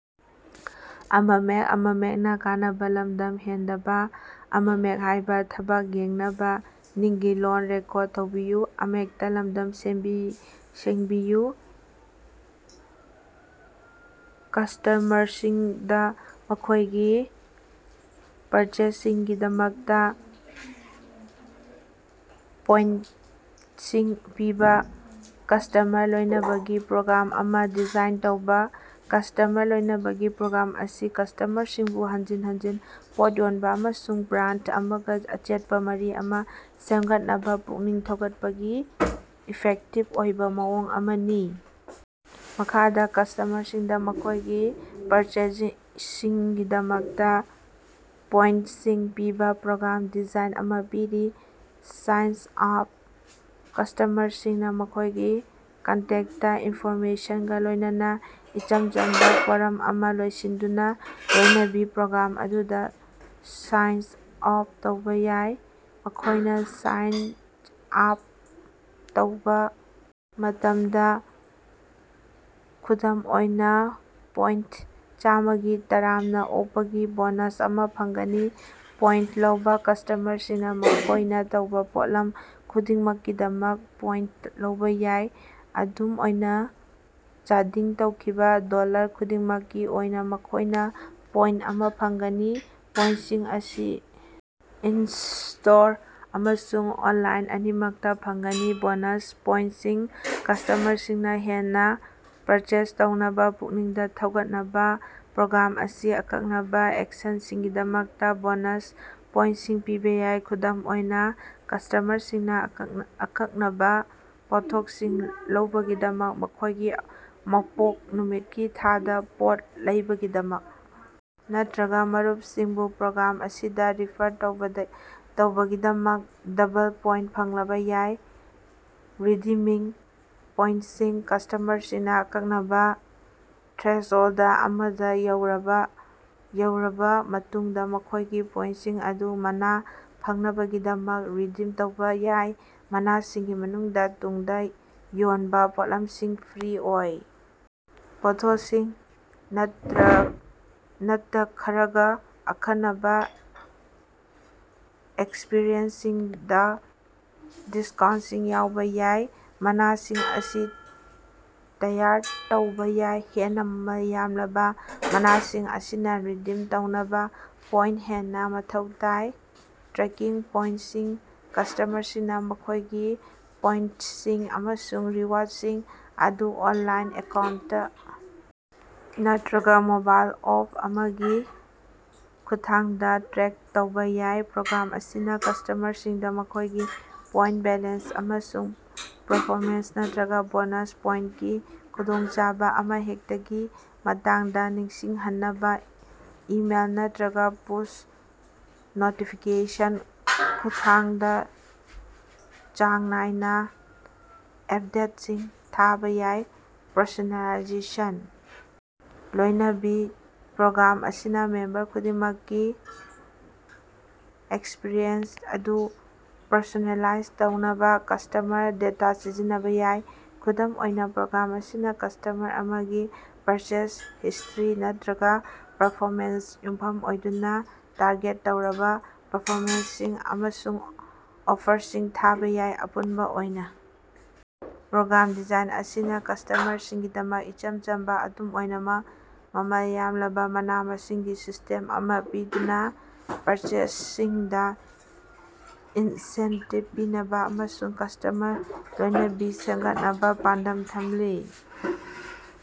ꯀꯁ꯭ꯇꯃꯔꯁꯤꯡꯗ ꯃꯈꯣꯏꯒꯤ ꯄꯔꯆꯦꯖꯁꯤꯡꯒꯤꯗꯃꯛꯇ ꯄꯣꯏꯟꯇꯁꯤꯡ ꯄꯤꯕ ꯀꯁ꯭ꯇꯃꯔ ꯂꯣꯏꯅꯕꯒꯤ ꯄ꯭ꯔꯣꯒ꯭ꯔꯥꯝ ꯑꯃ ꯗꯤꯖꯥꯏꯟ ꯇꯧꯕ꯫ ꯀꯁ꯭ꯇꯃꯔ ꯂꯣꯏꯅꯕꯒꯤ ꯄ꯭ꯔꯣꯒ꯭ꯔꯥꯝ ꯑꯁꯤ ꯀꯁ꯭ꯇꯃꯔꯁꯤꯡꯕꯨ ꯍꯟꯖꯤꯟ ꯍꯟꯖꯤꯟ ꯄꯣꯠ ꯌꯣꯟꯕ ꯑꯃꯁꯨꯡ ꯕ꯭ꯔꯥꯟꯗ ꯑꯃꯒ ꯑꯆꯦꯠꯄ ꯃꯔꯤ ꯑꯃ ꯁꯦꯝꯒꯠꯅꯕ ꯄꯨꯛꯅꯤꯡ ꯊꯧꯒꯠꯄꯒꯤ ꯏꯐꯦꯛꯇꯤꯚ ꯑꯣꯏꯕ ꯃꯑꯣꯡ ꯑꯃꯅꯤ꯫ ꯃꯈꯥꯗ ꯀꯁ꯭ꯇꯃꯔꯁꯤꯡꯗ ꯃꯈꯣꯏꯒꯤ ꯄꯔꯆꯦꯖꯁꯤꯡꯒꯤꯗꯃꯛꯇ ꯄꯣꯏꯟꯇꯁꯤꯡ ꯄꯤꯕ ꯄ꯭ꯔꯣꯒ꯭ꯔꯥꯝ ꯗꯤꯖꯥꯏꯟ ꯑꯃ ꯄꯤꯔꯤ: ꯁꯥꯏꯟ ꯑꯥꯞ: ꯀꯁ꯭ꯇꯃꯔꯁꯤꯡꯅ ꯃꯈꯣꯏꯒꯤ ꯀꯟꯇꯦꯛꯇ ꯏꯟꯐꯣꯔꯃꯦꯁꯟꯒ ꯂꯣꯏꯅꯅ ꯏꯆꯝ ꯆꯝꯕ ꯐꯣꯔꯝ ꯑꯃ ꯂꯣꯏꯁꯤꯟꯗꯨꯅ ꯂꯣꯏꯅꯕꯤ ꯄ꯭ꯔꯣꯒ꯭ꯔꯥꯝ ꯑꯗꯨꯗ ꯁꯥꯏꯟ ꯑꯥꯞ ꯇꯧꯕ ꯌꯥꯏ꯫ ꯃꯈꯣꯏꯅꯥ ꯁꯥꯏꯟ ꯑꯥꯞ ꯇꯧꯕ ꯃꯇꯝꯗ ꯈꯨꯗꯝ ꯑꯣꯏꯅꯥ ꯄꯣꯏꯟꯇ ꯆꯥꯝꯃꯒꯤ ꯇꯔꯥꯝꯅ ꯑꯣꯛꯄꯒꯤ ꯕꯣꯅꯁ ꯑꯃ ꯐꯪꯒꯅꯤ꯫ ꯄꯣꯏꯟꯇ ꯂꯧꯕ: ꯀꯁ꯭ꯇꯃꯔꯁꯤꯡꯅ ꯃꯈꯣꯏꯅ ꯇꯧꯕ ꯄꯣꯠꯂꯝ ꯈꯨꯗꯤꯡꯃꯛꯀꯤꯗꯃꯛ ꯄꯣꯏꯟꯇ ꯂꯧꯕ ꯌꯥꯏ꯫ ꯈꯨꯗꯝ ꯑꯣꯏꯅ, ꯆꯥꯗꯤꯡ ꯇꯧꯈꯤꯕ ꯗꯣꯜꯂꯔ ꯈꯨꯗꯤꯡꯃꯛꯀꯤ ꯑꯣꯏꯅ ꯃꯈꯣꯏꯅ ꯄꯣꯏꯟꯇ ꯑꯃ ꯐꯪꯒꯅꯤ꯫ ꯄꯣꯏꯟꯇꯁꯤꯡ ꯑꯁꯤ ꯏꯟ-ꯁ꯭ꯇꯣꯔ ꯑꯃꯁꯨꯡ ꯑꯣꯅꯂꯥꯏꯟ ꯑꯅꯤꯃꯛꯇ ꯐꯪꯒꯅꯤ꯫ ꯕꯣꯅꯁ ꯄꯣꯏꯟꯇꯁꯤꯡ: ꯀꯁ꯭ꯇꯃꯔꯁꯤꯡꯅ ꯍꯦꯟꯅ ꯄꯔꯆꯦꯖ ꯇꯧꯅꯕ ꯄꯨꯛꯅꯤꯡ ꯊꯧꯒꯠꯅꯕ, ꯄ꯭ꯔꯣꯒ꯭ꯔꯥꯝ ꯑꯁꯤꯅ ꯑꯀꯛꯅꯕ ꯑꯦꯛꯁꯟꯁꯤꯡꯒꯤꯗꯃꯛꯇ ꯕꯣꯅꯁ ꯄꯣꯏꯟꯇꯁꯤꯡ ꯄꯤꯕ ꯌꯥꯏ꯫ ꯈꯨꯗꯝ ꯑꯣꯏꯅ ꯀꯁ꯭ꯇꯃꯔꯁꯤꯡꯅ ꯑꯀꯛꯅꯕ ꯄꯣꯠꯊꯣꯛꯁꯤꯡ ꯂꯧꯕꯒꯤꯗꯃꯛ, ꯃꯈꯣꯏꯒꯤ ꯃꯄꯣꯛ ꯅꯨꯃꯤꯠꯀꯤ ꯊꯥꯗ ꯄꯣꯠ ꯂꯩꯕꯒꯤꯗꯃꯛ ꯅꯠꯇ꯭ꯔꯒ ꯃꯔꯨꯄꯁꯤꯡꯕꯨ ꯄ꯭ꯔꯣꯒ꯭ꯔꯥꯝ ꯑꯁꯤꯗ ꯔꯤꯐꯔ ꯇꯧꯕꯒꯤꯗꯃꯛ ꯗꯕꯜ ꯄꯣꯏꯟꯇ ꯐꯪꯂꯕ ꯌꯥꯏ꯫ ꯔꯤꯗꯤꯃꯤꯡ ꯄꯣꯏꯟꯇꯁꯤꯡ: ꯀꯁ꯭ꯇꯃꯔꯁꯤꯡꯅ ꯑꯀꯛꯅꯕ ꯊ꯭ꯔꯦꯁꯍꯣꯜꯗ ꯑꯃꯗ ꯌꯧꯔꯕ ꯃꯇꯨꯡꯗ ꯃꯈꯣꯏꯒꯤ ꯄꯣꯏꯟꯇꯁꯤꯡ ꯑꯗꯨ ꯃꯅ ꯐꯪꯅꯕꯒꯤꯗꯃꯛ ꯔꯤꯗꯤꯝ ꯇꯧꯕ ꯌꯥꯏ꯫ ꯃꯅꯥꯁꯤꯡꯒꯤ ꯃꯅꯨꯡꯗ ꯇꯨꯡꯗ ꯌꯣꯟꯕ ꯄꯣꯠꯂꯝꯁꯤꯡ, ꯐ꯭ꯔꯤ ꯑꯣꯏꯕ ꯄꯣꯠꯊꯣꯛꯁꯤꯡ, ꯅꯠꯇꯈꯔꯒ ꯑꯈꯟꯅꯕ ꯑꯦꯛꯁꯄꯔꯤꯌꯦꯟꯁꯁꯤꯡꯗ ꯗꯤꯁꯀꯥꯎꯟꯇꯁꯤꯡ ꯌꯥꯎꯕ ꯌꯥꯏ꯫ ꯃꯅꯥꯁꯤꯡ ꯑꯁꯤ ꯇꯌꯥꯔ ꯇꯧꯕꯥ ꯌꯥꯏ꯫ ꯍꯦꯟꯅ ꯃꯃꯜ ꯌꯥꯝꯂꯕ ꯃꯅꯥꯁꯤꯡ ꯑꯁꯤꯅ ꯔꯤꯗꯤꯝ ꯇꯧꯅꯕ ꯄꯣꯏꯟꯇ ꯍꯦꯟꯅ ꯃꯊꯧ ꯇꯥꯏ꯫ ꯇ꯭ꯔꯦꯀꯤꯡ ꯄꯣꯏꯟꯇꯁꯤꯡ: ꯀꯁ꯭ꯇꯃꯔꯁꯤꯡꯅ ꯃꯈꯣꯏꯒꯤ ꯄꯣꯏꯟꯇꯁꯤꯡ ꯑꯃꯁꯨꯡ ꯔꯤꯋꯥꯔꯗꯁꯤꯡ ꯑꯗꯨ ꯑꯣꯅꯂꯥꯏꯟ ꯑꯦꯀꯥꯎꯟꯇ ꯅꯠꯇ꯭ꯔꯒ ꯃꯣꯕꯥꯏꯜ ꯑꯦꯞ ꯑꯃꯒꯤ ꯈꯨꯠꯊꯥꯡꯗ ꯇ꯭ꯔꯦꯛ ꯇꯧꯕ ꯌꯥꯏ꯫ ꯄ꯭ꯔꯣꯒ꯭ꯔꯥꯝ ꯑꯁꯤꯅ ꯀꯁ꯭ꯇꯃꯔꯁꯤꯡꯗ ꯃꯈꯣꯏꯒꯤ ꯄꯣꯏꯟꯇ ꯕꯦꯂꯦꯟꯁ ꯑꯃꯁꯨꯡ ꯄ꯭ꯔꯣꯃꯣꯁꯟ ꯅꯠꯇ꯭ꯔꯒ ꯕꯣꯅꯁ ꯄꯣꯏꯟꯇꯀꯤ ꯈꯨꯗꯣꯡꯆꯕꯥ ꯑꯃꯍꯦꯛꯇꯒꯤ ꯃꯇꯥꯡꯗ ꯅꯤꯡꯁꯤꯡꯍꯟꯅꯕ ꯏꯃꯦꯜ ꯅꯠꯇ꯭ꯔꯒ ꯄꯨꯁ ꯅꯣꯇꯤꯐꯤꯀꯦꯁꯟꯒꯤ ꯈꯨꯠꯊꯥꯡꯗꯥꯆꯥꯡ ꯅꯥꯏꯅ ꯑꯄꯗꯦꯠꯁꯤꯡ ꯊꯥꯕ ꯌꯥꯏ꯫ ꯄꯔꯁꯣꯅꯦꯂꯥꯏꯖꯦꯁꯟ: ꯂꯣꯏꯅꯕꯤ ꯄ꯭ꯔꯣꯒ꯭ꯔꯥꯝ ꯑꯁꯤꯅ ꯃꯦꯝꯕꯔ ꯈꯨꯗꯤꯡꯃꯛꯀꯤ ꯑꯦꯛꯁꯄꯔꯤꯌꯦꯟꯁ ꯑꯗꯨ ꯄꯔꯁꯣꯅꯦꯂꯥꯏꯖ ꯇꯧꯅꯕ ꯀꯁ꯭ꯇꯃꯔ ꯗꯦꯇꯥ ꯁꯤꯖꯤꯟꯅꯕ ꯌꯥꯏ꯫ ꯈꯨꯗꯝ ꯑꯣꯏꯅ, ꯄ꯭ꯔꯣꯒ꯭ꯔꯥꯝ ꯑꯁꯤꯅ ꯀꯁ꯭ꯇꯃꯔ ꯑꯃꯒꯤ ꯄꯔꯆꯦꯖ ꯍꯤꯁ꯭ꯇꯔꯤ ꯅꯠꯇ꯭ꯔꯒ ꯄꯔꯐꯦꯔꯦꯟꯁꯇ ꯌꯨꯝꯐꯝ ꯑꯣꯏꯗꯨꯅ ꯇꯥꯔꯒꯦꯠ ꯇꯧꯔꯕ ꯄ꯭ꯔꯣꯃꯣꯁꯟꯁꯤꯡ ꯑꯃꯁꯨꯡ ꯑꯣꯐꯔꯁꯤꯡ ꯊꯥꯕ ꯌꯥꯏ꯫ꯑꯄꯨꯟꯕ ꯑꯣꯏꯅ, ꯄ꯭ꯔꯣꯒ꯭ꯔꯥꯝ ꯗꯤꯖꯥꯏꯟ ꯑꯁꯤꯅ ꯀꯁ꯭ꯇꯃꯔꯁꯤꯡꯒꯤꯗꯃꯛꯇ ꯏꯆꯝ ꯆꯝꯕ, ꯑꯗꯨꯝ ꯑꯣꯏꯅꯃꯛ ꯃꯃꯜ ꯌꯥꯝꯂꯕ ꯃꯅꯥ-ꯃꯁꯤꯡꯒꯤ ꯁꯤꯁ꯭ꯇꯦꯝ ꯑꯃ ꯄꯤꯗꯨꯅ ꯄꯔꯆꯦꯖꯁꯤꯡꯗ ꯏꯟꯁꯦꯟꯇꯤꯕ ꯄꯤꯅꯕ ꯑꯃꯁꯨꯡ ꯀꯁ꯭ꯇꯃꯔ ꯂꯣꯏꯅꯕꯤ ꯁꯦꯝꯒꯠꯅꯕ ꯄꯥꯟꯗꯝ ꯊꯝꯂꯤ꯫